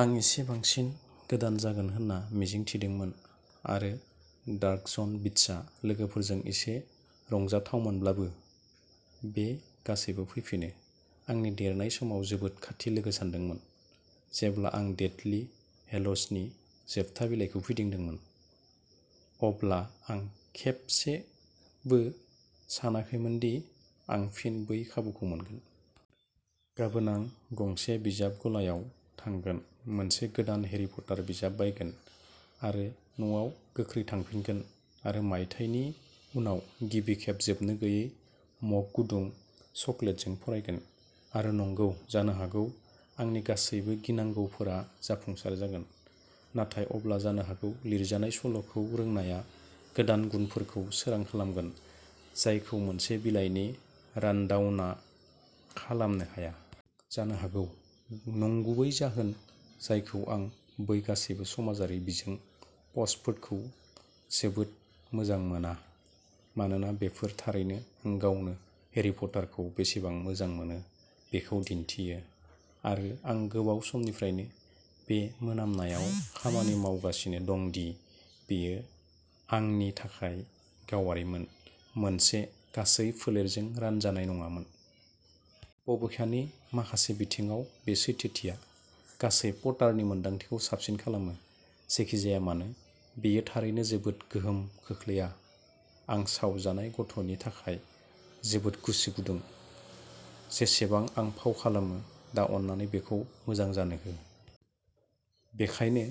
आं इसे बांसिन गोदान जागोन होनना मिजिं थिदोंमोन, आरो डार्क जन बिट्सआ लोगोफोरजों एसे रंजाथावमोनब्लाबो, बे गासैबो फैफिनो। आंनि देरनाय समाव जोबोद खाथि लोगो सानदोंमोन। जेब्ला आं डेथलि हेल'जनि जोबथा बिलाइखौ फिदिंदोंमोन, अब्ला आं खेबसेबो सानाखैमोन दि आं फिन बै खाबुखौ मोनगोन। गाबोन आं गंसे बिजाब गलायाव थांगोन, मोनसे गोदान हेरी पटार बिजाब बायगोन आरो न'आव गोख्रै थांफिनगोन आरो मायथाइनि उनाव गिबि खेब जोबनो गैयै मग गुदुं चकलेटजों फरायगोन। आरो नंगौ, जानो हागौ आंनि गासैबो गिनांगौफोरा जाफुंसार जागोन, नाथाय अब्ला जानो हागौ लिरजानाय सल'खौ रोंनाया गोदान गुनफोरखौ सोरां खालामगोन जायखौ मोनसे बिलाइनि रानडाउनआ खालामनो हाया। जानो हागौ। नंगुबै जाहोन जायखौ आं बै गासैबो समाजारि बिजों पस्टफोरखौ जोबोद मोजां मोना, मानोना बेफोर थारैनो आं गावनो हैरी पटारखौ बेसेबां मोजां मोनो बेखौ दिन्थियो, आरो आं गोबाव समनिफ्रायनो बे मोनामनायाव खामानि मावगासिनो दं दि बेयो आंनि थाखाय गावारिमोन, मोनसे गासै फोलेरजों रानजानाय नङामोन। बबेखानि माखासे बिथिङाव, बे सैथोथिया। गासै पटारनि मोन्दांथिखौ साबसिन खालामो। जेखि जाया मानो, बेयो थारैनो जेबो गोहोम खोख्लैया। आं सावजानाय गथ'नि थाखाय जोबोद गोसो गुदुं, जेसेबां आं फाव खालामो। दा अन्नानै बेखौ मोजां जानो हो। बेनिखायनो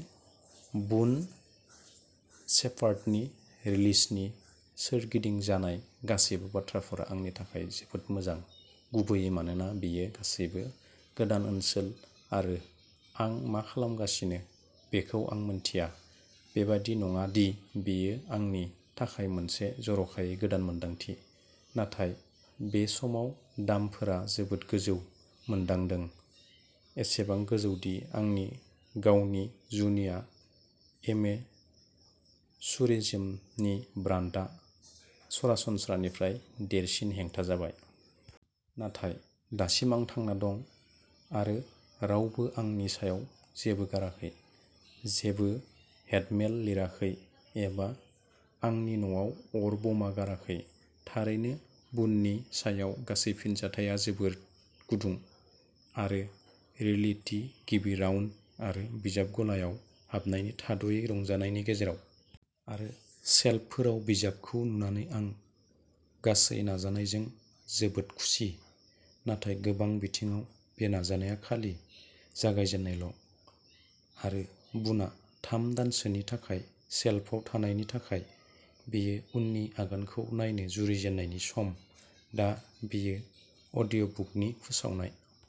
बुन शेपार्डनि रिलिजनि सोरगिदिं जानाय गासैबो बाथ्राफोरा आंनि थाखाय जोबोद मोजां, गुबैयै मानोना बेयो गासैबो गोदान ओनसोल आरो आं मा खालामगासिनो बेखौ आं मिन्थिया। बेबादि नङा दि बेयो आंनि थाखाय मोनसे जर'खायै गोदान मोनदांथि, नाथाय बे समाव दामफोरा जोबोद गोजौ मोनदांदों, एसेबां गोजौ दि आंनि गावनि जुनिया एमेचुरिज्मनि ब्रान्डआ सरासनस्रानिफ्राय देरसिन हेंथा जाबाय। नाथाय, दासिम आं थांना दं आरो रावबो आंनि सायाव जेबो गाराखै, जेबो हेटमेल लिराखै एबा आंनि न'आव अर बमा गाराखै। थारैनो, बुननि सायाव गासै फिनजाथाया जोबोद गुदुं, आरो रयेल्टीनि गिबि राउन्ड आरो बिजाब गलायाव हाबनायनि थाद'यै रंजानायनि गेजेराव। आरो शेल्फफोराव बिजाबखौ नुनानै आं गासै नाजानायजों जोबोद खुसि। नाथाय गोबां बिथिङाव बे नाजानाया खालि जागायजेन्नायल'आरो बुनआ थाम दानसोनि थाखाय शेल्फआव थानायनि थाखाय, बेयो उननि आगानखौ नायनो जुरिजेननायनि सम। दा बेयो अडिअ'बुकनि फोसावनाय।